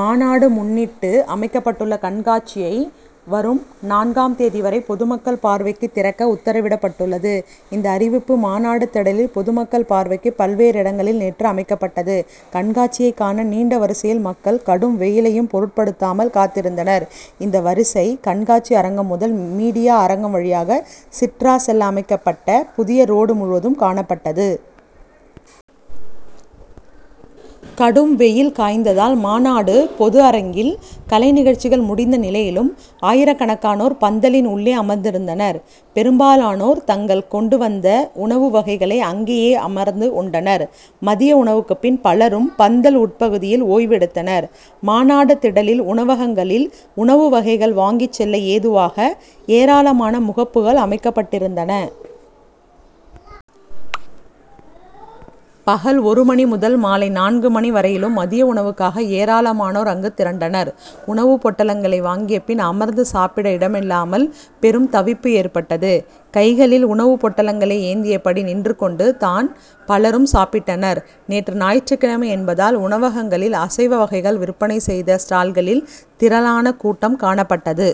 மாநாடு முன்னிட்டு அமைக்கப்பட்டுள்ள கண்காட்சியை வரும் நான்காம் தேதி வரை பொதுமக்கள் பார்வைக்குத் திறக்க உத்தரவிடப்பட்டுள்ளது. இந்த அறிவிப்பு, மாநாடு திடலில் பொதுமக்கள் பார்வைக்கு பல்வேறு இடங்களில் நேற்று அமைக்கப்பட்டது. கண்காட்சியைக் காண நீண்ட வரிசையில் மக்கள் கடும் வெயிலையும் பொருட்படுத்தாமல் காத்திருந்தனர். இந்த வரிசை, கண்காட்சி அரங்கம் முதல், மீடியா அரங்கம் வழியாக சிட்ரா' செல்ல அமைக்கப்பட்ட புதிய ரோடு முழுவதும் காணப்பட்டது. கடும் வெயில் காய்ந்ததால், மாநாடு பொது அரங்கில் காலை நிகழ்ச்சிகள் முடிந்த நிலையிலும் ஆயிரக்கணக்கானோர் பந்தலின் உள்ளே அமர்ந்திருந்தனர். பெரும்பாலானோர் தாங்கள் கொண்டு வந்த உணவு வகைகளை அங்கேயே அமர்ந்து உண்டனர். மதிய உணவுக்குப் பின் பலரும் பந்தல் உட்பகுதியில் ஓய்வெடுத்தனர். மாநாடு திடலில் உணவகங்களில் உணவு வகைகள் வாங்கிச் செல்ல ஏதுவாக ஏராளமான முகப்புகள் அமைக்கப்பட்டிருந்தன. பகல் ஒரு மணி முதல் மாலை நான்கு மணி வரையிலும் மதிய உணவுக்காக ஏராளமானோர் அங்கு திரண்டனர். உணவுப் பொட்டலங்களை வாங்கிய பின் அமர்ந்து சாப்பிட இடமில்லாமல் பெரும் தவிப்பு ஏற்பட்டது. கைகளில் உணவுப் பொட்டலங்களை ஏந்தியபடி நின்று கொண்டு தான் பலரும் சாப்பிட்டனர். நேற்று ஞாயிற்றுக் கிழமை என்பதால், உணவகங்களில் அசைவ வகைகள் விற்பனை செய்த ஸ்டால்களில் திரளான கூட்டம் காணப்பட்டது.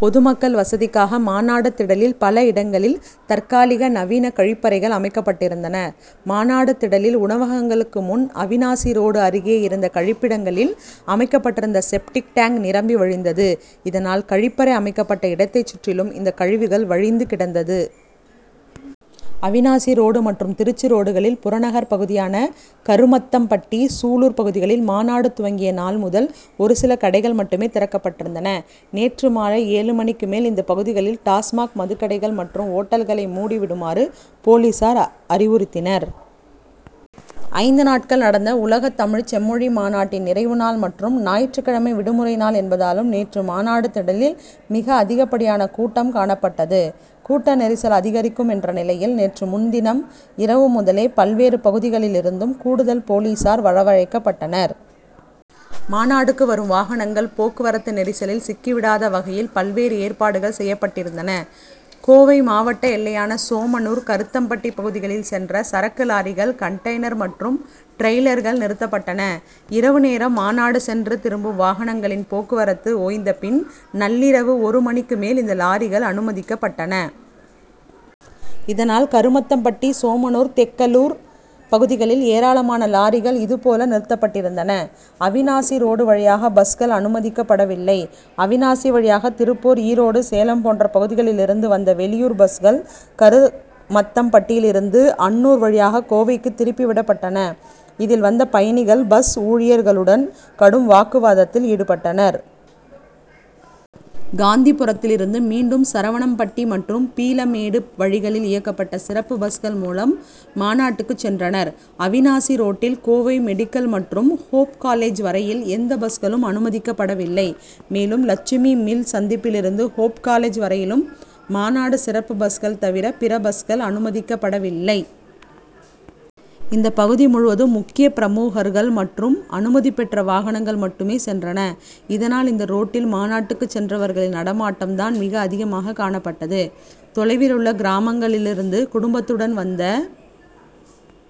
பொதுமக்கள் வசதிக்காக மாநாடு திடலில் பல இடங்களில் தற்காலிக நவீன கழிப்பறைகள் அமைக்கப்பட்டிருந்தன. மாநாடு திடலில் உணவகங்களுக்கு முன், அவிநாசி ரோடு அருகே இருந்த கழிப்பிடங்களில், அமைக்கப்பட்டிருந்த செப்டிக் டேங்க் நிரம்பி வழிந்தது. இதனால் கழிப்பறை அமைக்கப்பட்ட இடத்தைச் சுற்றிலும் இந்த கழிவுகள் வழிந்து கிடந்தது. அவிநாசி ரோடு மற்றும் திருச்சி ரோடுகளில் புறநகர் பகுதியான கருமத்தம்பட்டி, சூலூர் பகுதிகளில் மாநாடு துவங்கிய நாள் முதல் ஒரு சில கடைகள் மட்டுமே திறக்கப்பட்டிருந்தன. நேற்று மாலை ஏழு மணிக்கு மேல் இந்த பகுதிகளில் டாஸ்மாக் மதுக்கடை மற்றும் ஓட்டல்களை மூடி விடுமாறு போலீசார் அறிவுறுத்தினர். ஐந்து நாட்கள் நடந்த உலகத் தமிழ் செம்மொழி மாநாட்டின் நிறைவு நாள் மற்றும் ஞாயிற்றுக்கிழமை விடுமுறை நாள் என்பதாலும் நேற்று மாநாடு திடலில் மிக அதிகப்படியான கூட்டம் காணப்பட்டது. கூட்ட நெரிசல் அதிகரிக்கும் என்ற நிலையில் நேற்று முன்தினம் இரவு முதலே பல்வேறு பகுதிகளிலிருந்தும் கூடுதல் போலீசார் வரவழைக்கப்பட்டனர். மாநாடுக்கு வரும் வாகனங்கள் போக்குவரத்து நெரிசலில் சிக்கி விடாத வகையில் பல்வேறு ஏற்பாடுகள் செய்யப்பட்டிருந்தன. கோவை மாவட்ட எல்லையான சோமனூர், கருமத்தம்பட்டி பகுதிகளில் சென்ற சரக்கு லாரிகள், கண்டெய்னர் மற்றும் டிரெய்லர்கள் நிறுத்தப்பட்டன. இரவு நேரம் மாநாடு சென்று திரும்பும் வாகனங்களின் போக்குவரத்து ஓய்ந்த பின் நள்ளிரவு ஒரு மணிக்கு மேல் இந்த லாரிகள் அனுமதிக்கப்பட்டன. இதனால், கருமத்தம்பட்டி, சோமனூர், தெக்கலூர் பகுதிகளில் ஏராளமான லாரிகள் இது போல நிறுத்தப்பட்டிருந்தன. அவிநாசி ரோடு வழியாக பஸ்கள் அனுமதிக்கப்படவில்லை. அவிநாசி வழியாக திருப்பூர், ஈரோடு, சேலம் போன்ற பகுதிகளிலிருந்து வந்த வெளியூர் பஸ்கள் கருமத்தம்பட்டியிலிருந்து அன்னூர் வழியாக கோவைக்கு திருப்பி விடப்பட்டன. இதில் வந்த பயணிகள் பஸ் ஊழியர்களுடன் கடும் வாக்குவாதத்தில் ஈடுபட்டனர். காந்திபுரத்திலிருந்து மீண்டும் சரவணம்பட்டி மற்றும் பீளமேடு வழிகளில் இயக்கப்பட்ட சிறப்பு பஸ்கள் மூலம் மாநாடுக்குச் சென்றனர். அவிநாசி ரோட்டில் கோவை மெடிக்கல் மற்றும் ஹோப் காலேஜ் வரையில் எந்த பஸ்களும் அனுமதிக்கப்படவில்லை. மேலும், லட்சுமி மில் சந்திப்பிலிருந்து ஹோப் காலேஜ் வரையிலும் மாநாடு சிறப்பு பஸ்கள் தவிர பிற பஸ்கள் அனுமதிக்கப்படவில்லை. இந்த பகுதி முழுவதும் முக்கிய பிரமுகர்கள் மற்றும் அனுமதி பெற்ற வாகனங்கள் மட்டுமே சென்றன. இதனால், இந்த ரோட்டில் மாநாட்டுக்குச் சென்றவர்களின் நடமாட்டம் தான் மிக அதிகமாக காணப்பட்டது. தொலைவிலுள்ள கிராமங்களிலிருந்து குடும்பத்துடன் வந்த